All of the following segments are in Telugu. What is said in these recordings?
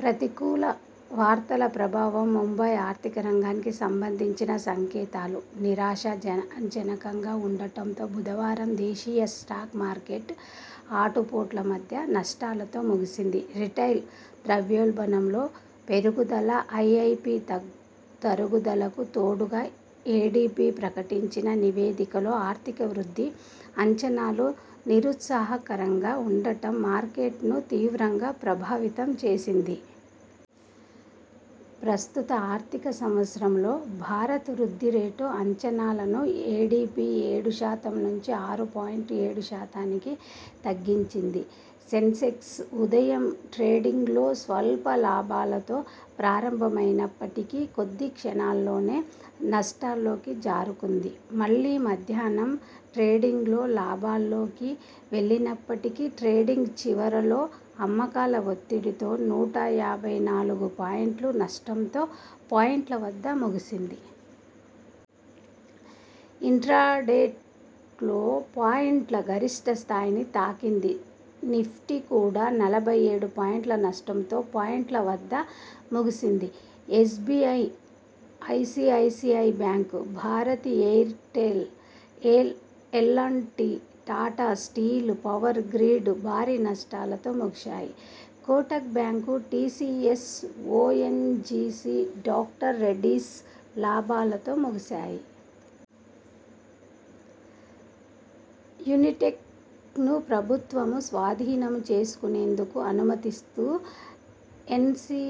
ప్రతికూల వార్తల ప్రభావం ముంబై ఆర్థిక రంగానికి సంబంధించిన సంకేతాలు నిరాశా జనకంగా ఉండటంతో బుధవారం దేశీయ స్టాక్ మార్కెట్ ఆటు పోట్ల మధ్య నష్టాలతో ముగిసింది. రిటైల్ ద్రవ్యోల్బణంలో పెరుగుదల, ఐఐపి తరుగుదలకు తోడుగా ఎడిబి ప్రకటించిన నివేదికలో ఆర్థిక వృద్ధి అంచనాలు నిరుత్సాహకరంగా ఉండటం మార్కెట్ను తీవ్రంగా ప్రభావితం చేసింది. ప్రస్తుత ఆర్థిక సంవత్సరంలో భారత్ వృద్ధి రేటు అంచనాలను ఎడిబి ఏడు శాతం నుంచి ఆరు పాయింట్ ఏడు శాతానికి తగ్గించింది. సెన్సెక్స్ ఉదయం ట్రేడింగ్లో స్వల్ప లాభాలతో ప్రారంభమైనప్పటికీ కొద్ది క్షణాల్లోనే నష్టాల్లోకి జారుకుంది. మళ్లీ మధ్యాహ్నాం ట్రేడింగ్లో లాభాల్లోకి వెళ్లినప్పటికీ ట్రేడింగ్ చివరలో అమ్మకాల ఒత్తిడితో నూట యబాయి నాలుగు పాయింట్ల నష్టంతో పాయింట్ల వద్ద ముగిసింది. ఇంట్రాడేలో పాయింట్ల గరిష్ఠ స్థాయిని తాకింది. నిఫ్టీ కూడా నలభై ఏడు పాయింట్ల నష్టంతో పాయింట్ల వద్ద ముగిసింది SBI, ICICI Bank, Bharti Airtel, L and T, Tata Steel, Power Grid భారీ నష్టాలతో ముగిశాయి. Kotak Bank, T C S, O N G C, doctor Reddy's లాభాలతో ముగిశాయి. యునిటెక్ను ప్రభుత్వం స్వాధీనం చేసుకునేందుకు అనుమతినిస్తూ ఎన్ సి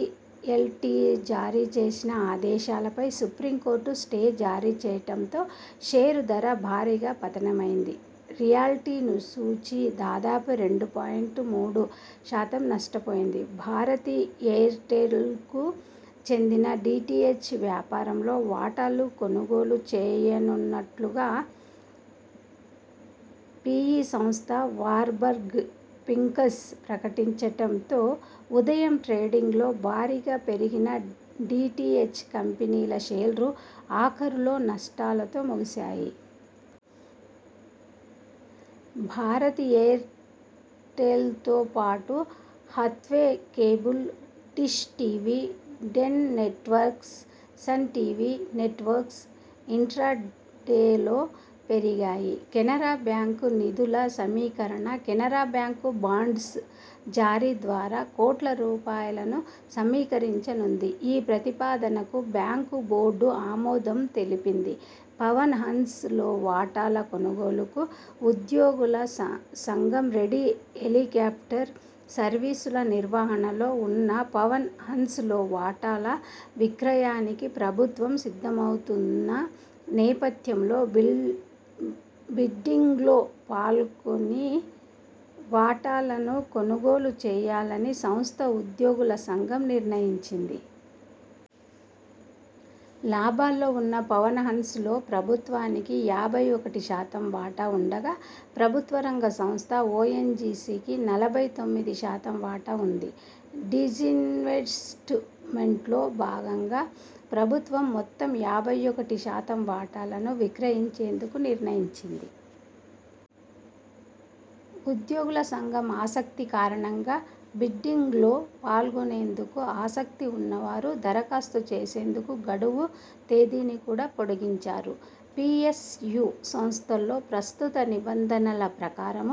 ఎల్ టి జారీ చేసిన ఆదేశాలపై సుప్రీంకోర్టు స్టే జారీ చేయడంతో షేరు ధర భారీగా పతనమైంది. రియల్టీ సూచీ దాదాపు రెండు పాయింట్ మూడు శాతం నష్టపోయింది. భారతి ఎయిర్టెల్కు చెందిన డి టి హెచ్ వ్యాపారంలో వాటాలు కొనుగోలు చేయనున్నట్టుగా పి ఇ సంస్థ వార్బర్గ్ పింకస్ ప్రకటించడంతో ఉదయం ట్రేడింగ్లో భారీగా పెరిగిన డి టి హెచ్ కంపెనీల షేర్లు ఆఖరులో నష్టాలతో ముగిసాయి. భారతి ఎయిర్టెల్తో పాటు Hathway Cable, Dish TV, Den Networks, Sun TV Networks ఇంట్రాడేలో పెరిగాయి. కెనరా బ్యాంక్ నిధుల సమీకరణ కెనరా బ్యాంక్ బాండ్స్ జారీ ద్వారా కోట్ల రూపాయలను సమీకరించనుంది. ఈ ప్రతిపాదనకు బ్యాంకు బోర్డు ఆమోదం తెలిపింది. పవన్ హాన్స్ లో వాటాల కొనుగోలుకు ఉద్యోగుల సంఘం రెడీ హెలీకాప్టర్ సర్వీసుల నిర్వహణలో ఉన్న పవన్ హాన్స్ లో వాటాల విక్రయానికి ప్రభుత్వం సిద్ధమవుతున్న నేపథ్యంలో బిడ్డింగ్లో పాల్గొని వాటాలను కొనుగోలు చేయాలని సంస్థ ఉద్యోగుల సంఘం నిర్ణయించింది. లాభాల్లో ఉన్న పవన్ హాన్స్ లో ప్రభుత్వానికి యాభై ఒకటి శాతం వాటా ఉండగా ప్రభుత్వ రంగ సంస్థ ఒ ఎన్ జి సి కి నలభై తొమ్మిది శాతం వాటా ఉంది. డిజిన్వెస్ట్ మెంట్లో భాగంగా ప్రభుత్వం మొత్తం యాభై ఒకటి శాతం వాటాలను విక్రయించేందుకు నిర్ణయించింది. ఉద్యోగుల సంఘం ఆసక్తి కారణంగా బిడ్డింగ్లో పాల్గొనేందుకు ఆసక్తి ఉన్నవారు దరఖాస్తు చేసేందుకు గడువు తేదీని కూడా పొడిగించారు. పి ఎస్ యు సంస్థల్లో ప్రస్తుత నిబంధనల ప్రకారం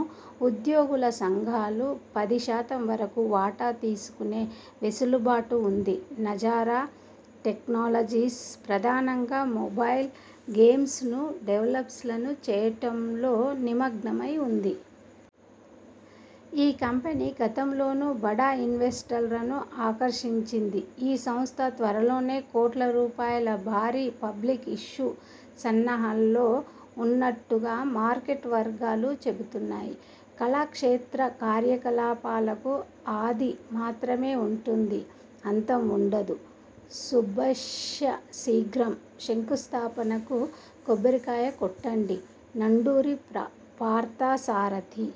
ఉద్యోగుల సంఘాలు పది శాతం వరకు వాటా తీసుకునే వెసులుబాటు ఉంది. నజారా టెక్నాలజీస్ ప్రధానంగా మొబైల్ గేమ్స్ ను డెవల్పను చేయడంలో నిమగ్నమై ఉంది. ఈ కంపెనీ గతంలోనూ బడా ఇన్వెస్టర్లను ఆకర్షించింది. ఈ సంస్థ త్వరలోనే కోట్ల రూపాయల భారీ పబ్లిక్ ఇష్యూ సన్నాహాల్లో ఉన్నట్టుగా మార్కెట్ వర్గాలు చెబుతున్నాయి. కళాక్షేత్ర కార్యకలాపాలకు 'ఆది' మాత్రమే ఉంటుంది. 'అంతం' ఉండదు. శుభస్య శీఘ్రం. శంకుస్థాపనకు కొబ్బరికాయ కొట్టండి. నండూరి పార్థసారథి